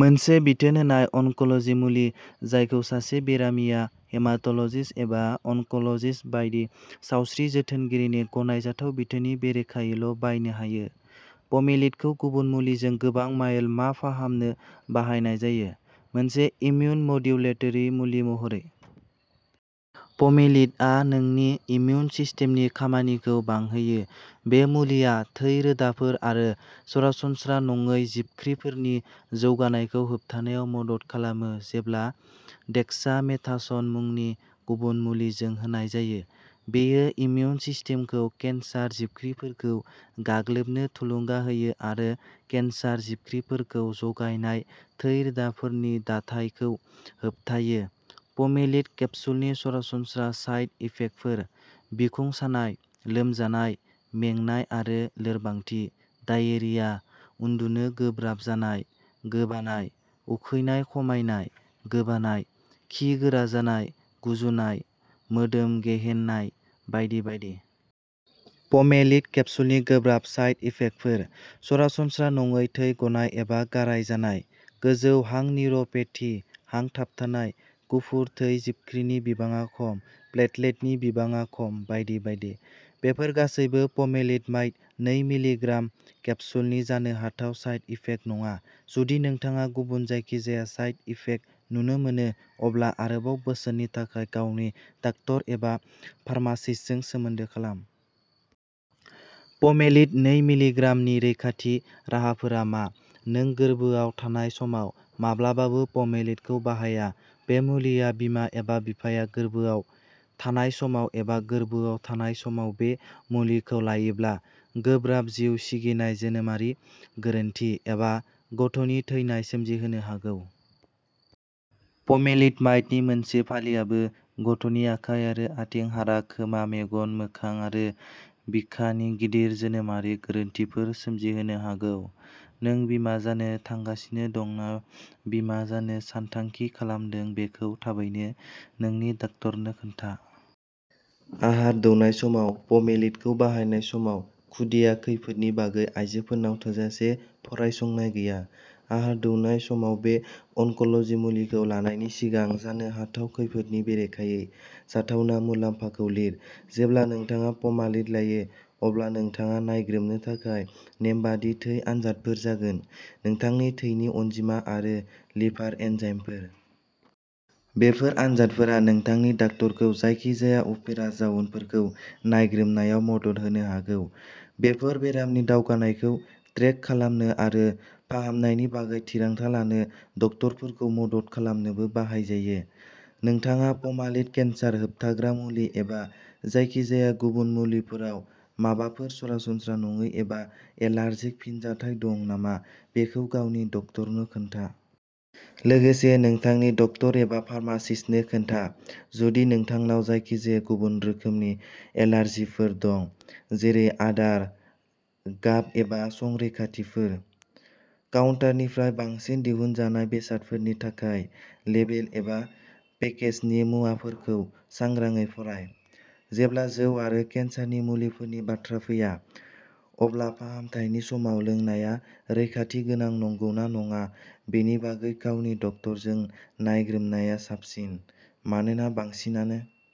मोनसे बिथोन होनाय अनकोलजि मुलि जायखौ सासे बेरामिया हेमाट'लजिस्ट एबा अनकोलजिस्ट बायदि सावस्रि जोथोनगिरिनि गनायजाथाव बिथोननि बेरेखायैल'बायनो हायो। पमेलिड खौ गुबुन मुलिजों गोबां मायल मा फाहामनो बाहायनाय जायो। मोनसे इम्युन मड्युलेटरि मुलि महरै पमेलिड आ नोंनि इमिउन सिस्टेमनि खामानिखौ बांहोयो बे मुलिआ थै रोदाफोर आरो सरासनस्रा नङै जिबख्रिफोरनि जौगानायखौ होबथानायाव मदद खालामो जेब्ला डेक्सामेथास'न मुंनि गुबुन मुलिजों होनाय जायो बेयो इमिउन सिस्टेमखौ केन्सार जिबख्रिफोरखौ गाग्लोबनो थुलुंगा होयो आरो केन्सार जिबख्रिफोरखौ जगायनाय थै रोदाफोरनि दाथायखौ होबथायो पमेलिड केप्सुलनि सरासनस्रा साइड इफेक्टफोर बिखुं सानाय लोमजानाय मेंनाय आरो लोरबांथि डायेरिया उन्दुनो गोब्राब जानाय गोबानाय उखैनाय खमायनाय गोबानाय खि गोरा जानाय गुजुनाय मोदोम गेहेननाय बायदि बायदि। पमेलिड केप्सुलनि गोब्राब साइड इफेक्टफोर सरासनस्रा नङै थै गनाय एबा गाराय जानाय गोजौ हां निउर'पेथि हां थाबथानाय गुफुर थै जिबख्रिनि बिबाङा खम प्लेटलेटनि बिबाङा खम बायदि बायदि बेफोर गासैबो पमेलिड'माइड नै मिलि ग्राम केप्सुलनि जानो हाथाव साइड इफेक्ट नङा जुदि नोंथाङा गुबुन जायखिजाया साइड इफेक्ट नुनो मोनो अब्ला आरोबाव बोसोननि थाखाय गावनि डाक्टार एबा फार्मासिस्टजों सोमोन्दो खालाम। पमेलिड नै मिलि ग्राम नि रैखाथि राहाफोरा मा नों गोरबोआव थानाय समाव माब्लाबाबो पमेलिडखौ बाहाया बे मुलिआ बिमा एबा बिफाया गोर्बोआव थानाय समाव एबा गोर्बोआव थानाय समाव बे मुलिखौ लायोब्ला गोब्राब जिउ सिगिनाय जोनोमारि गोरोन्थि एबा गथ'नि थैनाय सोमजिहोनो हागौ। पमेलिड'माइडनि मोनसे फालिआबो गथ'नि आखाइ आरो आथिं हारा खोमा मेगन मोखां आरो बिखानि गिदिर जोनोमारि गोरोन्थिफोर सोमजिहोनो हागौ। नों बिमा जानो थांगासिनो दं ना बिमा जानो सानथांखि खालामदों बेखौ थाबैनो नोंनि डाक्टारनो खोन्था आहार दौनाय समाव पमेलिडखौ बाहायनाय समाव खुदिया खैफोदनि बागै आयजोफोरनाव थोजासे फरायसंनाय गैया आहार दौनाय समाव बे अनकोलजि मुलिखौ लानायनि सिगां जानो हाथाव खैफोदनि बेरेखायै जाथावना मुलाम्फाखौ लिर जेब्ला नोंथाङा पमालिड लायो, अब्ला नोंथाङा नायग्रोमनो थाखाय नेमबादि थै आनजादफोर जागोनः नोंथांनि थैनि अनजिमा आरो लिभार एन्जाइमफोर। बेफोर आनजादफोरा नोंथांनि डाक्टारखौ जायखिजाया उफेरा जाउनफोरखौ नायग्रोमनायाव मदद होनो हागौ। बेफोर बेरामनि दावगानायखौ ट्रेक खालामनो आरो फाहामनायनि बागै थिरांथा लानो डक्टरफोरखौ मदद खालामनोबो बाहाय जायो। नोंथांहा पमालिड केन्सार होबथाग्रा मुलि एबा जायखिजाया गुबुन मुलिफोराव माबाफोर सरासनस्रा नङै एबा एलार्जिक फिनजाथाय दं नामा बेखौ गावनि डक्टरनो खोन्था। लोगोसे नोंथांनि डक्टर एबा फार्मासिस्टनो खोन्था, जुदि नोंथांनाव जायखिजाया गुबुन रोखोमनि एलार्जिफोर दं, जेरै आदार, गाब एबा संरैखाथिफोर। काउन्टारनिफ्राय बांसिन दिहुनजानाय बेसादफोरनि थाखाय, लेबेल एबा पेकेजनि मुवाफोरखौ सांग्राङै फराय। जेब्ला जौ आरो केन्सारनि मुलिफोरनि बाथ्रा फैयो, अब्ला फाहामथायनि समाव लोंनाया रैखाथि गोनां नंगौना नङा बेनि बागै गावनि डक्टरजों नायग्रोमनाया साबसिन। मानोना, बांसिनानो